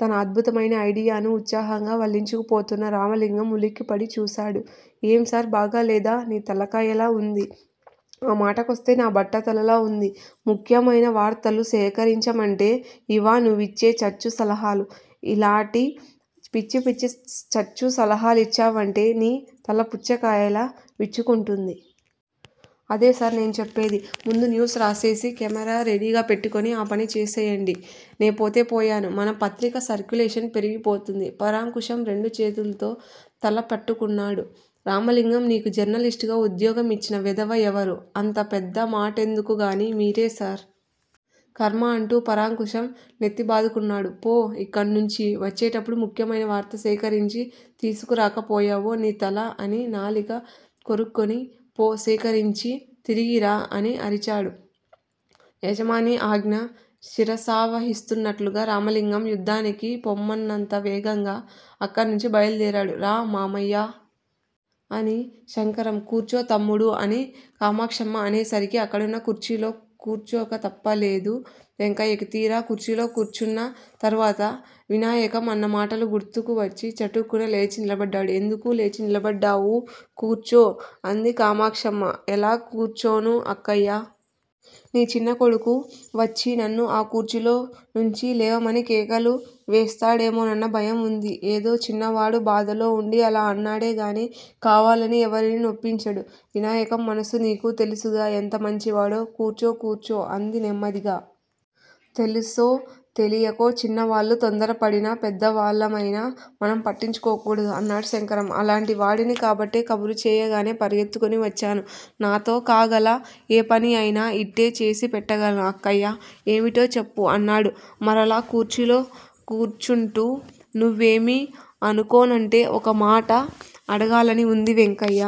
తన అద్భుతమైన ఐడియాను ఉత్సాహంగా వల్లించుకుపోతున్న రామలింగం ఉలిక్కిపడి చూశాడు. ఏం సార్! బాగాలేదా? నీ తలకాయలా వుంది. ఆ మాటకొస్తే నా బట్టతలలా వుంది. ముఖ్యమైన వార్తలు సేకరించమంటే యివా నువ్విచ్చే చచ్చు సలహాలు? ఇలాటి పిచ్చిపిచ్చి చచ్చు సలహాలిచ్చావంటే, నీ తల పుచ్చకాయలా విచ్చుకుంటుంది. అదే సార్! నేను చెప్పేది. ముందు న్యూస్ రాసేసి, కెమేరా రెడీగా పెట్టుకుని ఆ పని చేసెయ్యండి. నేపోతే పోయాను. మన పత్రిక సర్క్యులేషన్ పెరిగిపోతుంది. పరాంకుశం రెండుచేతుల్తో తలపట్టుకున్నాడు. రామలింగం, నీకు జర్నలిస్ట్ గా ఉద్యోగమిచ్చిన వెధవ ఎవరు? అంత పెద్దమాటెందుకుగానీ మీరే సార్. ఖర్మ అంటూ పరాంకుశం నెత్తిబాదుకున్నాడు. పో, యిక్కడ్నుంచి వచ్చేటప్పుడు ముఖ్యమైన వార్త సేకరించి తీసుకురాకపోయావో నీ తల అని నాలిక కొరుక్కుని పో సేకరించి తిరిగి రా అని అరిచాడు. యజమాని ఆజ్ఞ శిరసావహిస్తున్నట్లుగా రామలింగం యుద్దానికి పొమ్మన్నంత వేగంగా అక్కడ్నుంచి బయల్దేరాడు. రా మామయ్యా! అని శంకరం! కూర్చో తమ్ముడూ! అని కామాక్షమ్మ అనే సరికి అక్కడున్న కుర్చీలో కూర్చోక తప్పలేదు వెంకయ్యకి! తీరా కుర్చీలో కూర్చున్న తరువాత వినాయకం అన్న మాటలు గుర్తుకు వచ్చి చటుక్కున లేచి నిలబడ్డాడు. ఎందుకూ లేచి నిలబడ్డావూ? కూర్చో! అంది కామాక్షమ్మ. ఎలా కూర్చోను అక్కయ్య! నీ చిన్న కొడుకు వచ్చి నన్ను ఆ కుర్చీలో నుంచి లేవమని కేకలు వేస్తాడేమోనన్న భయం వుంది! ఏదో చిన్నవాడు! బాధలో వుండి అలా అన్నాడే గాని, కావాలని ఎవరినీ నొప్పించడు. వినాయకం మనసు నీకూ తెలుసుగా? ఎంత మంచివాడో? కూర్చో! కూర్చో! అంది నెమ్మదిగా. తెలిసో తెలియకో చిన్నవాళ్ళు తొందరపడినా పెద్దవాళ్ళమయిన మనం పట్టించుకోకూడదు! అన్నాడు శంకరం. అలాంటి వాడిని కాబట్టే కబురు చేయగానే పరిగెత్తుకుని వచ్చాను. నాతో కాగల ఏ పని అయినా యిట్టే చేసి పెట్టగలను అక్కయ్యా! ఏమిటో చెప్పు? అన్నాడు మరలా కుర్చీలో కూర్చుంటూ! నువ్వేమీ అనుకోనంటే ఒకమాట అడగాలని వుంది వెంకయ్య?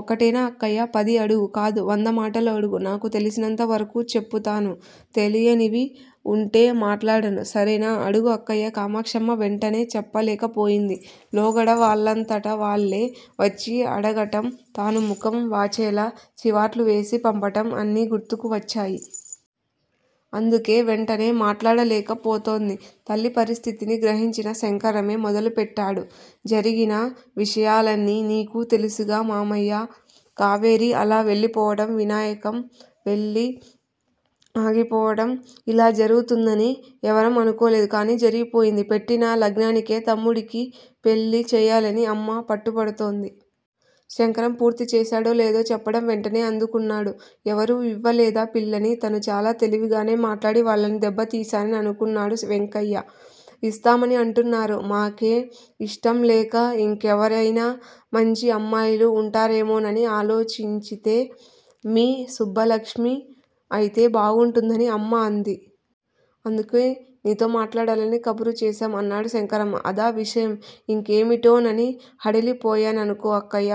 ఒక్కటేనా అక్కయ్యా? పది అడుగు! కాదు, వంద మాటలు అడుగు! నాకు తెలిసినంత వరకూ చెప్పుతాను తెలియనివి వుంటే మాట్లాడను. సరేనా? అడుగు అక్కయ్య! కామాక్షమ్మ వెంటనే చెప్పలేకపోయింది. లోగడ వాళ్ళంతట వాళ్ళే వచ్చి అడగటం, తాను ముఖం వాచేలా చివాట్లు వేసి పంపటం అన్నీ గుర్తుకు వచ్చాయి. అందుకే వెంటనే మాట్లాడలేక పోతోంది. తల్లి పరిస్థితిని గ్రహించిన శంకరమే మొదలుపెట్టాడు. జరిగినా విషయాలన్నీ నీకూ తెలుసుగా మామయ్యా? కావేరి అలా వెళ్ళిపోవటం, వినాయకం పెళ్ళి ఆగిపోవటం! యిలా జరుగుతుందని ఎవరం అనుకోలేదు. కాని జరిగిపోయింది. పెట్టిన లగ్నానికే తమ్ముడికి పెళ్ళి చేయాలని అమ్మ పట్టుపడుతోంది! శంకరం పూర్తి చేశాడో లేదో చెప్పటం వెంటనే అందుకున్నాడు. ఎవరూ యివ్వలేదా పిల్లని? తను చాలా తెలివిగానే మాట్లాడి వాళ్ళని దెబ్బ తీశానని అనుకున్నాడు వెంకయ్య! ఇస్తామని అంటున్నారు! మాకే యిష్టం లేక యింకెవరయినా మంచి అమ్మాయిలు వుంటారేమోనని ఆలోచించితే మీ సుబ్బలక్ష్మి అయితే బాగుంటుందని అమ్మ అంది! అందుకే నీతో మాట్లాడాలని కబురు చేశాం! అన్నాడు శంకరం! అదా విషయం? యింకేమిటోనని హడలి పోయాననుకో అక్కయ్య?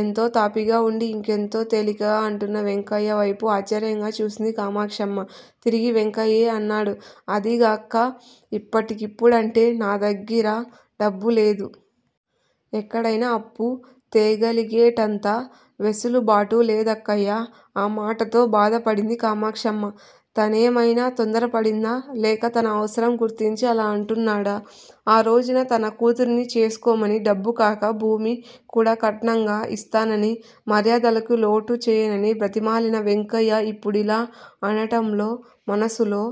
ఎంతో తాపీగా వుండి యింకెంతో తేలికగా అంటున్న వెంకయ్య వైపు ఆశ్చర్యంగా చూసింది కామాక్షమ్మ. తిరిగి వెంకయ్యే అన్నాడు- అదీగాక యిప్పటికిప్పుడంటే నా దగ్గిర డబ్బు లేదు. ఎక్కడయినా అప్పు తేగలిగేటంత వెసులుబాటూ లేదక్కయ్య! ఆ మాటతో బాధ పడింది కామాక్షమ్మ. తనేమయినా తొందరపడిందా? లేక తన అవసరం గుర్తించి అలా అంటున్నాడా? ఆ రోజున తన కూతురిని చేసుకోమని డబ్బుకాక భూమి కూడా కట్నంగా యిస్తానని, మర్యాదలకి లోటు చేయనని బ్రతిమాలిన వెంకయ్య ఇప్పుడిలా అనటంలో మనసులో